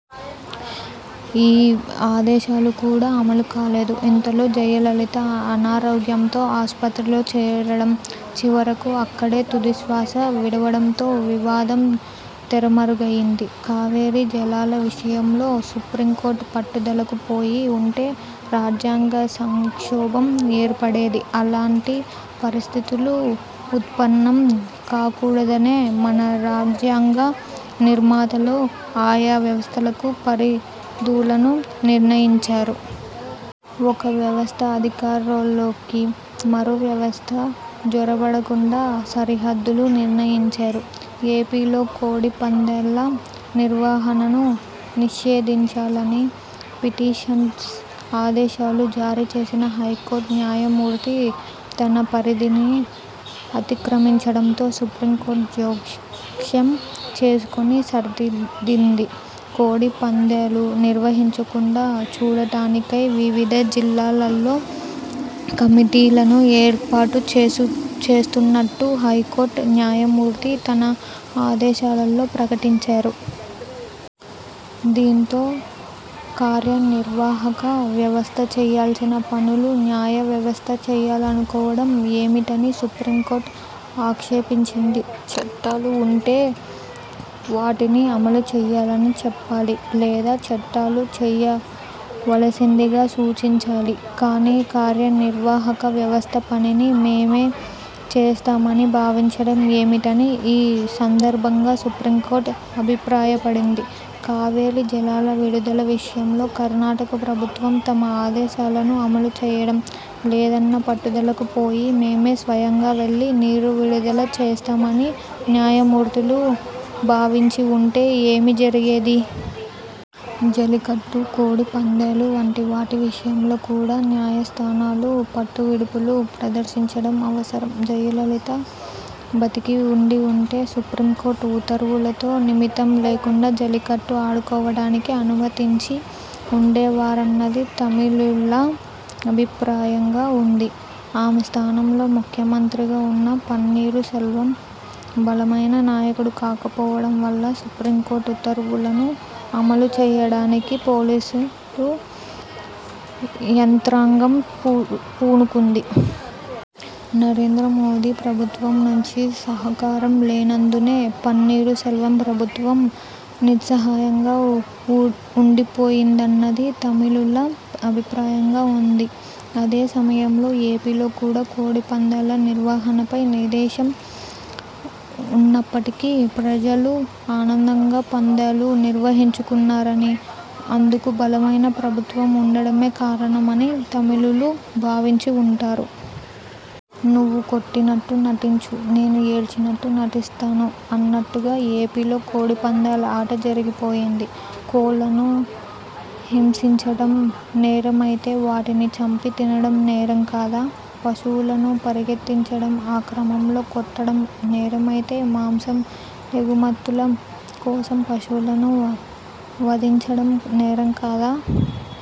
ఈ ఆదేశాలు కూడా అమలుకాలేదు. ఇంతలో జయలలిత అనారోగ్యంతో ఆసుపత్రిలో చేరడం, చివరకు అక్కడే తుదిశ్వాస విడవడంతో వివాదం తెరమరుగయింది. కావేరీ జలాల విషయంలో సుప్రీంకోర్టు పట్టుదలకు పోయి ఉంటే రాజ్యాంగ సంక్షోభం ఏర్పడేది. అలాంటి పరిస్థితులు ఉత్పన్నం కాకూడదనే మన రాజ్యాంగ నిర్మాతలు ఆయా వ్యవస్థలకు పరిధులను నిర్ణయించారు. ఒక వ్యవస్థ అధికారాల్లోకి మరో వ్యవస్థ జొరబడకుండా సరిహద్దులు నిర్ణయించారు. ఏపీలో కోడి పందేల నిర్వహణను నిషేధించాలన్న పిటిషన్పై ఆదేశాలు జారీ చేసిన హైకోర్టు న్యాయమూర్తి తన పరిధిని అతిక్రమించడంతో సుప్రీంకోర్టు జోక్యం చేసుకుని సరిదిద్దింది. కోడి పందేలు నిర్వహించకుండా చూడటానికై వివిధ జిల్లాలలో కమిటీలను ఏర్పాటుచేస్తున్నట్టు హైకోర్టు న్యాయమూర్తి తన ఆదేశాలలో ప్రకటించారు. దీంతో కార్యనిర్వాహక వ్యవస్థ చేయాల్సిన పనులను న్యాయ వ్యవస్థ చేయాలనుకోవడం ఏమిటని సుప్రీంకోర్టు ఆక్షేపించింది. చట్టాలు ఉంటే వాటిని అమలుచేయాలని చెప్పాలి. లేదా చట్టాలు చేయవలసిందిగా సూచించాలి గానీ కార్యనిర్వాహక వ్యవస్థ పనిని మేమే చేస్తామని భావించడం ఏమిటని ఈ సందర్భంగా సుప్రీంకోర్టు అభిప్రాయపడింది. కావేరీ జలాల విడుదల విషయంలో కర్ణాటక ప్రభుత్వం తమ ఆదేశాలను అమలుచేయడం లేదన్న పట్టుదలకు పోయి మేమే స్వయంగా వెళ్లి నీరు విడుదల చేస్తామని న్యాయమూర్తులు భావించి ఉంటే ఏమి జరిగేది? జల్లికట్టు, కోడి పందేలు వంటి వాటి విషయంలో కూడా న్యాయస్థానాలు పట్టువిడుపులు ప్రదర్శించడం అవసరం. జయలలిత బతికి ఉండి ఉంటే సుప్రీంకోర్టు ఉత్తర్వులతో నిమిత్తం లేకుండా జల్లికట్టు ఆడుకోవడానికి అనుమతించి ఉండేవారన్నది తమిళుల అభిప్రాయంగా ఉంది. ఆమె స్థానంలో ముఖ్యమంత్రిగా ఉన్న పన్నీరు సెల్వం బలమైన నాయకుడు కాకపోవడం వల్ల సుప్రీంకోర్టు ఉత్తర్వులను అమలుచేయడానికి పోలీసు యంత్రాంగం పూనుకుంది. నరేంద్ర మోదీ ప్రభుత్వం నుంచి సహకారం లేనందునే పన్నీరు సెల్వం ప్రభుత్వం నిస్సహాయంగా ఉండిపోయిందన్నది తమిళుల అభిప్రాయంగా ఉంది. అదే సమయంలో ఏపీలో కూడా కోడి పందేల నిర్వహణపై నిదేశం ఉన్నప్పటికీ ప్రజలు ఆనందంగా పందేలు నిర్వహించుకున్నారనీ, అందుకు బలమైన ప్రభుత్వం ఉండటమే కారణమనీ తమిళులు భావించి ఉంటారు. 'నువ్వు కొట్టినట్టు నటించు----– నేను ఏడ్చినట్టు నటిస్తాను' అన్నట్టుగా ఏపీలో కోడి పందేల ఆట జరిగిపోయింది. కోళ్లను హింసించడం నేరమైతే వాటిని చంపి తినడం నేరం కాదా? పశువులను పరిగెత్తించడం, ఆ క్రమంలో కొట్టడం నేరమైతే మాంసం ఎగుమతుల కోసం పశువులను వధించడం నేరం కాదా?